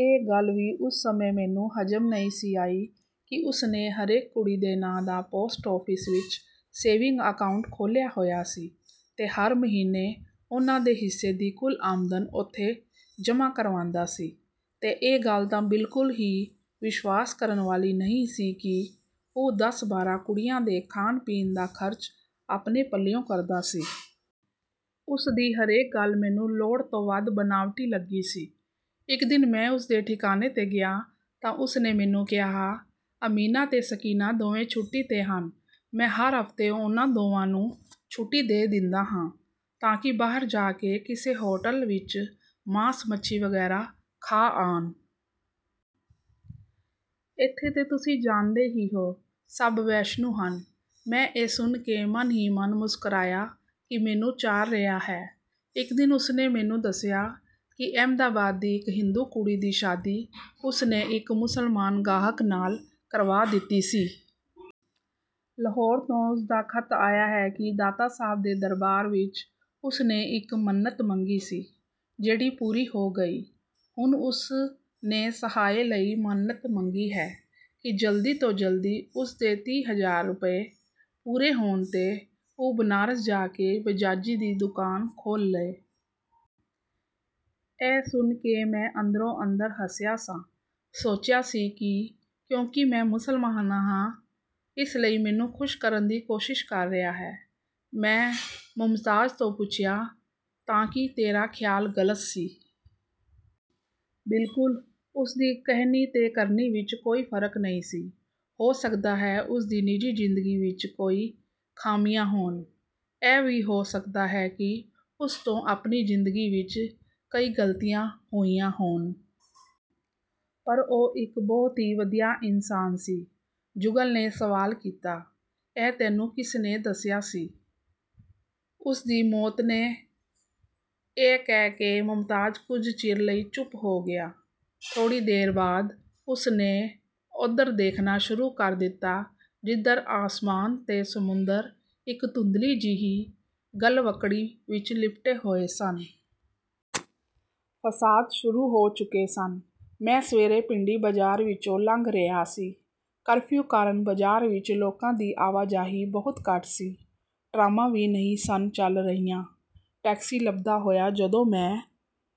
ਇਹ ਗੱਲ ਵੀ ਉਸ ਸਮੇਂ ਮੈਨੂੰ ਹਜ਼ਮ ਨਹੀਂ ਸੀ ਆਈ ਕਿ ਉਸ ਨੇ ਹਰੇਕ ਕੁੜੀ ਦੇ ਨਾਂ ਦਾ ਪੋਸਟ ਆਫਿਸ ਵਿੱਚ ਸੇਵਿੰਗ ਅਕਾਊਂਟ ਖੋਲ੍ਹਿਆ ਹੋਇਆ ਸੀ ਤੇ ਹਰ ਮਹੀਨੇ ਉਹਨਾਂ ਦੇ ਹਿੱਸੇ ਦੀ ਕੁੱਲ ਆਮਦਨ ਉੱਥੇ ਜਮ੍ਹਾਂ ਕਰਵਾਂਦਾ ਸੀ ਤੇ ਇਹ ਗੱਲ ਤਾਂ ਬਿਲਕੁਲ ਹੀ ਵਿਸ਼ਵਾਸ ਕਰਨ ਵਾਲੀ ਨਹੀਂ ਸੀ ਕਿ ਉਹ ਦਸ ਬਾਰਾਂ ਕੁੜੀਆਂ ਦੇ ਖਾਣ-ਪੀਣ ਦਾ ਖਰਚ ਆਪਣੇ ਪੱਲਿਓਂ ਕਰਦਾ ਸੀ। ਉਸ ਦੀ ਹਰੇਕ ਗੱਲ ਮੈਨੂੰ ਲੋੜ ਤੋਂ ਵੱਧ ਬਣਾਵਟੀ ਲੱਗੀ ਸੀ। ਇਕ ਦਿਨ ਮੈਂ ਉਸ ਦੇ ਠਿਕਾਣੇ 'ਤੇ ਗਿਆ ਤਾਂ ਉਸ ਨੇ ਮੈਨੂੰ ਕਿਹਾ, ਅਮੀਨਾ ਤੇ ਸਕੀਨਾ ਦੋਵੇਂ ਛੁੱਟੀ 'ਤੇ ਹਨ। ਮੈਂ ਹਰ ਹਫ਼ਤੇ ਉਹਨਾਂ ਦੋਵਾਂ ਨੂੰ ਛੁੱਟੀ ਦੇ ਦਿੰਦਾ ਹਾਂ ਤਾਂ ਕਿ ਬਾਹਰ ਜਾ ਕੇ ਕਿਸੇ ਹੋਟਲ ਵਿੱਚ ਮਾਸ ਮੱਛੀ ਵਗੈਰਾ ਖਾ ਆਉਣ। ਇੱਥੇ ਤਾਂ ਤੁਸੀਂ ਜਾਣਦੇ ਹੀ ਹੋ, ਸਭ ਵੈਸ਼ਨੂੰ ਹਨ। ਮੈਂ ਇਹ ਸੁਣ ਕੇ ਮਨ ਹੀ ਮਨ ਮੁਸਕਰਾਇਆ ਕਿ ਮੈਨੂੰ ਚਾਰ ਰਿਹਾ ਹੈ। ਇਕ ਦਿਨ ਉਸ ਨੇ ਮੈਨੂੰ ਦੱਸਿਆ ਕਿ ਅਹਿਮਦਾਬਾਦ ਦੀ ਇਕ ਹਿੰਦੂ ਕੁੜੀ ਦੀ ਸ਼ਾਦੀ ਉਸ ਨੇ ਇਕ ਮੁਸਲਮਾਨ ਗਾਹਕ ਨਾਲ ਕਰਵਾ ਦਿੱਤੀ ਸੀ। ਲਾਹੌਰ ਤੋਂ ਉਸ ਦਾ ਖ਼ਤ ਆਇਆ ਹੈ ਕਿ ਦਾਤਾ ਸਾਹਿਬ ਦੇ ਦਰਬਾਰ ਵਿੱਚ ਉਸ ਨੇ ਇਕ ਮੰਨਤ ਮੰਗੀ ਸੀ, ਜਿਹੜੀ ਪੂਰੀ ਹੋ ਗਈ। ਹੁਣ ਉਸ ਨੇ ਸਹਾਏ ਲਈ ਮੰਨਤ ਮੰਗੀ ਹੈ ਕਿ ਜਲਦੀ ਤੋਂ ਜਲਦੀ ਉਸ ਦੇ ਤੀਹ ਹਜ਼ਾਰ ਰੁਪਏ ਪੂਰੇ ਹੋਣ ਤੇ ਉਹ ਬਨਾਰਸ ਜਾ ਕੇ ਬਜਾਜੀ ਦੀ ਦੁਕਾਨ ਖੋਲ੍ਹ ਲਏ। ਇਹ ਸੁਣ ਕੇ ਮੈਂ ਅੰਦਰੋ ਅੰਦਰ ਹੱਸਿਆ ਸਾਂ। ਸੋਚਿਆ ਸੀ ਕਿ ਕਿਉਂਕਿ ਮੈਂ ਮੁਸਲਮਾਨ ਹਾਂ, ਇਸ ਲਈ ਮੈਨੂੰ ਖੁਸ਼ ਕਰਨ ਦੀ ਕੋਸ਼ਿਸ਼ ਕਰ ਰਿਹਾ ਹੈ। ਮੈਂ ਮੁਮਤਾਜ਼ ਤੋਂ ਪੁੱਛਿਆ, ਤਾਂ ਕੀ ਤੇਰਾ ਖ਼ਿਆਲ ਗ਼ਲਤ ਸੀ? ਬਿਲਕੁਲ, ਉਸ ਦੀ ਕਹਿਣੀ ਤੇ ਕਰਨੀ ਵਿੱਚ ਕੋਈ ਫਰਕ ਨਹੀਂ ਸੀ। ਹੋ ਸਕਦਾ ਹੈ ਉਸ ਦੀ ਨਿੱਜੀ ਜ਼ਿੰਦਗੀ ਵਿੱਚ ਕੋਈ ਖ਼ਾਮੀਆਂ ਹੋਣ। ਇਹ ਵੀ ਹੋ ਸਕਦਾ ਹੈ ਕਿ ਉਸ ਤੋਂ ਆਪਣੀ ਜ਼ਿੰਦਗੀ ਵਿੱਚ ਕਈ ਗ਼ਲਤੀਆਂ ਹੋਈਆਂ ਹੋਣ। ਪਰ ਉਹ ਇਕ ਬਹੁਤ ਹੀ ਵਧੀਆ ਇਨਸਾਨ ਸੀ। ਜੁਗਲ ਨੇ ਸਵਾਲ ਕੀਤਾ, ਇਹ ਤੈਨੂੰ ਕਿਸ ਨੇ ਦੱਸਿਆ ਸੀ? ਉਸ ਦੀ ਮੌਤ ਨੇ, ਇਹ ਕਹਿ ਕੇ ਮੁਮਤਾਜ਼ ਕੁਝ ਚਿਰ ਲਈ ਚੁੱਪ ਹੋ ਗਿਆ। ਥੋੜ੍ਹੀ ਦੇਰ ਬਾਅਦ ਉਸ ਨੇ ਉਧਰ ਦੇਖਣਾ ਸ਼ੁਰੂ ਕਰ ਦਿੱਤਾ ਜਿੱਧਰ ਆਸਮਾਨ ਤੇ ਸਮੁੰਦਰ ਇਕ ਧੁੰਦਲੀ ਜਿਹੀ ਗਲਵੱਕੜੀ ਵਿੱਚ ਲਿਪਟੇ ਹੋਏ ਸਨ। ਫਸਾਦ ਸ਼ੁਰੂ ਹੋ ਚੁੱਕੇ ਸਨ। ਮੈਂ ਸਵੇਰੇ ਭਿੰਡੀ ਬਾਜ਼ਾਰ ਵਿੱਚੋਂ ਲੰਘ ਰਿਹਾ ਸਾਂ। ਕਰਫ਼ਿਊ ਕਾਰਨ ਬਾਜ਼ਾਰ ਵਿੱਚ ਲੋਕਾਂ ਦੀ ਆਵਾਜਾਈ ਬਹੁਤ ਘੱਟ ਸੀ। ਟ੍ਰਾਮਾਂ ਵੀ ਨਹੀਂ ਸਨ ਚੱਲ ਰਹੀਆਂ। ਟੈਕਸੀ ਲੱਭਦਾ ਹੋਇਆ ਜਦੋਂ ਮੈਂ